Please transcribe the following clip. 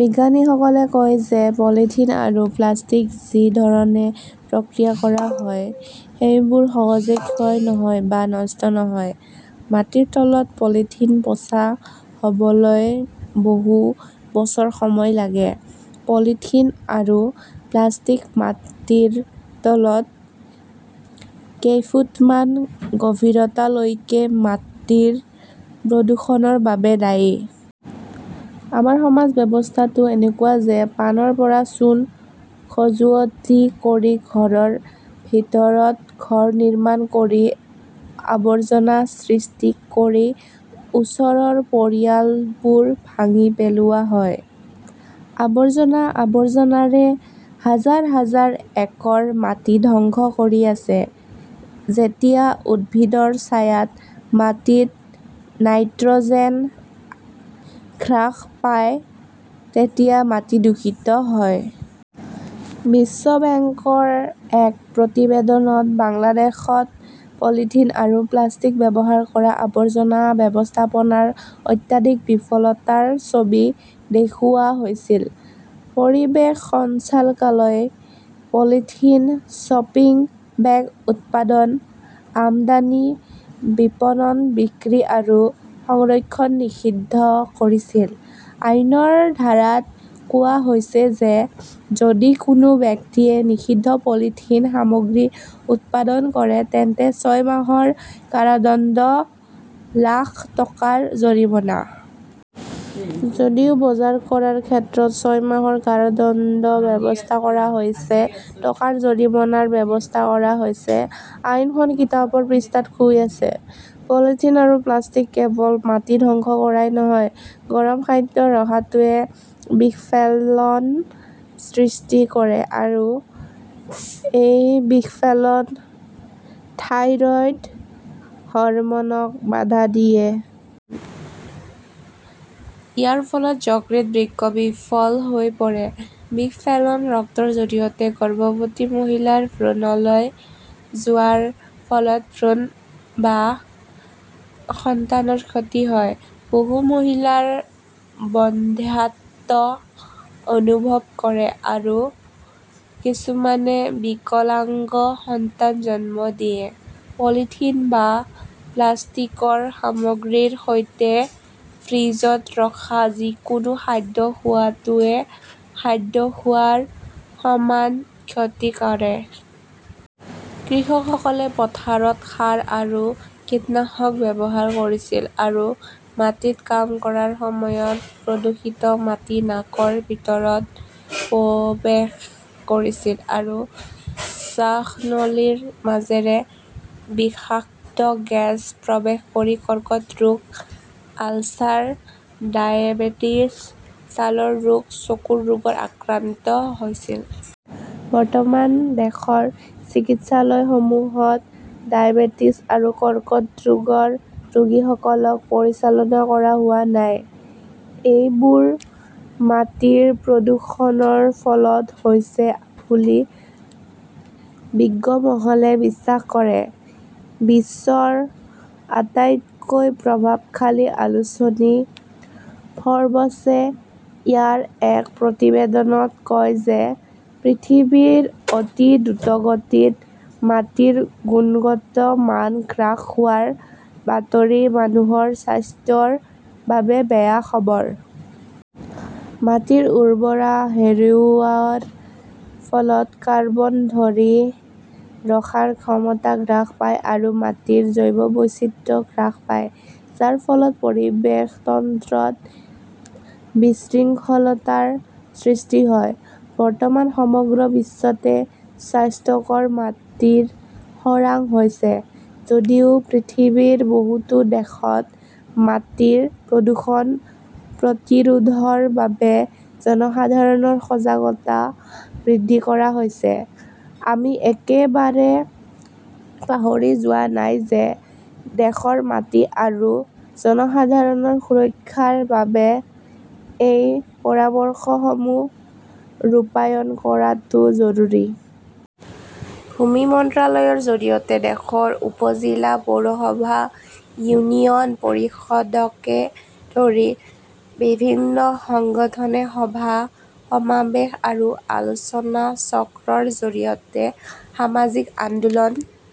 বিজ্ঞানীসকলে কয় যে পলিথিন আৰু প্লাষ্টিক যি ধৰণে প্ৰক্ৰিয়া কৰা হয়, সেইবোৰ সহজে ক্ষয় নহয় বা নষ্ট নহয়। মাটিৰ তলত পলিথিন পচা হ'বলৈ বহু বছৰ সময় লাগে। পলিথিন আৰু প্লাষ্টিক মাটিৰ তলত কেইফুটমান গভীৰতালৈকে মাটিৰ প্ৰদূষণৰ বাবে দায়ী। আমাৰ সমাজ ব্যৱস্থাটো এনেকুৱা যে পানৰ পৰা চুন খজুৱতি কৰি ঘৰৰ ভিতৰত ঘৰ নিৰ্মাণ কৰি আৱৰ্জনা সৃষ্টি কৰি ওচৰৰ পৰিয়ালবোৰ ভাঙি পেলোৱা হয়। আৱৰ্জনা, আৱৰ্জনাৰে হাজাৰ হাজাৰ একৰ মাটি ধ্বংস কৰি আছে। যেতিয়া উদ্ভিদৰ ছায়াত মাটিত নাইট্ৰ'জেন হ্ৰাস পায় তেতিয়া মাটি দূষিত হয়। বিশ্ব বেংকৰ এক প্ৰতিবেদনত বাংলাদেশত পলিথিন আৰু প্লাষ্টিক ব্যৱহাৰ কৰা আৱৰ্জনা ব্যৱস্থাপনাৰ অত্যাধিক বিফলতাৰ ছবি দেখুওৱা হৈছিল। পৰিৱেশ সঞ্চালকালয়ই পলিথিন শ্বপিং বেগ উৎপাদন, আমদানি, বিপণন, বিক্ৰী আৰু সংৰক্ষণ নিষিদ্ধ কৰিছিল। আইনৰ ধাৰাত কোৱা হৈছে যে যদি কোনো ব্যক্তিয়ে নিষিদ্ধ পলিথিন সামগ্ৰী উৎপাদন কৰে, তেন্তে ছয় মাহৰ কাৰাদণ্ড, লাখ টকাৰ জৰিমনা। যদিও বজাৰ কৰাৰ ক্ষেত্ৰত ছয় মাহৰ কাৰাদণ্ডৰ ব্যৱস্থা কৰা হৈছে, টকাৰ জৰিমনাৰ ব্যৱস্থা কৰা হৈছে, আইনখন কিতাপৰ পৃষ্ঠাত শুই আছে। পলিথিন আৰু প্লাষ্টিক কেৱল মাটি ধ্বংস কৰাই নহয়, গৰম খাদ্য ৰখাটোৱে বিষফেলন সৃষ্টি কৰে আৰু এই বিষফেলন থাইৰয়ড হৰমনক বাধা দিয়ে। ইয়াৰ ফলত যকৃত, বৃক্ক বিকল হৈ পৰে। বিষফেলন ৰক্তৰ জৰিয়তে গৰ্ভৱতী মহিলাৰ ভ্ৰূণলৈ যোৱাৰ ফলত ভ্ৰূণ বা সন্তানৰ ক্ষতি হয়। বহু মহিলাই বন্ধ্যাত্ব অনুভৱ কৰে আৰু কিছুমানে বিকলাঙ্গ সন্তান জন্ম দিয়ে। পলিথিন বা প্লাষ্টিকৰ সামগ্ৰীৰ সৈতে ফ্ৰিজত ৰখা যিকোনো খাদ্য খোৱাটোৱে খাদ্য খোৱাৰ সমান ক্ষতি কৰে। কৃষকসকলে পথাৰত সাৰ আৰু কীটনাশক ব্যৱহাৰ কৰিছিল আৰু মাটিত কাম কৰাৰ সময়ত প্ৰদূষিত মাটি নাকৰ ভিতৰত প্ৰৱেশ কৰিছিল আৰু শ্বাসনলীৰ মাজেৰে বিষাক্ত গেছ প্ৰৱেশ কৰি কৰ্কট ৰোগ, আলচাৰ, ডায়েবেটিছ, ছালৰ ৰোগ, চকুৰ ৰোগত আক্ৰান্ত হৈছিল। বৰ্তমান দেশৰ চিকিৎসালয়সমূহত ডায়েবেটিছ আৰু কৰ্কট ৰোগৰ ৰোগীসকলক পৰিচালনা কৰা হোৱা নাই। এইবোৰ মাটিৰ প্ৰদূষণৰ ফলত হৈছে বুলি বিজ্ঞমহলে বিশ্বাস কৰে। বিশ্বৰ আটাইতকৈ প্ৰভাৱশালী আলোচনী ফৰ্বছে ইয়াৰ এক প্ৰতিবেদনত কয় যে পৃথিৱীত অতি দ্ৰুতগতিত মাটিৰ গুণগত মান হ্ৰাস হোৱাৰ বাতৰি মানুহৰ স্বাস্থ্যৰ বাবে বেয়া খবৰ। মাটিৰ উৰ্বৰতা হেৰুওৱাৰ ফলত কাৰ্বন ধৰি ৰখাৰ ক্ষমতা হ্ৰাস পায় আৰু মাটিৰ জৈৱ বৈচিত্ৰ্য হ্ৰাস পায়, যাৰ ফলত পৰিৱেশ তন্ত্ৰত বিশৃংখলতাৰ সৃষ্টি হয়। বৰ্তমান সমগ্ৰ বিশ্বতে স্বাস্থ্যকৰ মাটিৰ খৰাং হৈছে। যদিও পৃথিৱীৰ বহুতো দেশত মাটিৰ প্ৰদূষণ প্ৰতিৰোধৰ বাবে জনসাধাৰণৰ সজাগতা বৃদ্ধি কৰা হৈছে, আমি একেবাৰে পাহৰি যোৱা নাই যে দেশৰ মাটি আৰু জনসাধাৰণৰ সুৰক্ষাৰ বাবে এই পৰামৰ্শসমূহ ৰূপায়ণ কৰাটো জৰুৰী। ভূমি মন্ত্ৰালয়ৰ জৰিয়তে দেশৰ উপ-জিলা, পৌৰসভা, ইউনিয়ন পৰিষদকে ধৰি বিভিন্ন সংগঠনে সভা, সমাৱেশ আৰু আলোচনাচক্ৰৰ জৰিয়তে সামাজিক আন্দোলন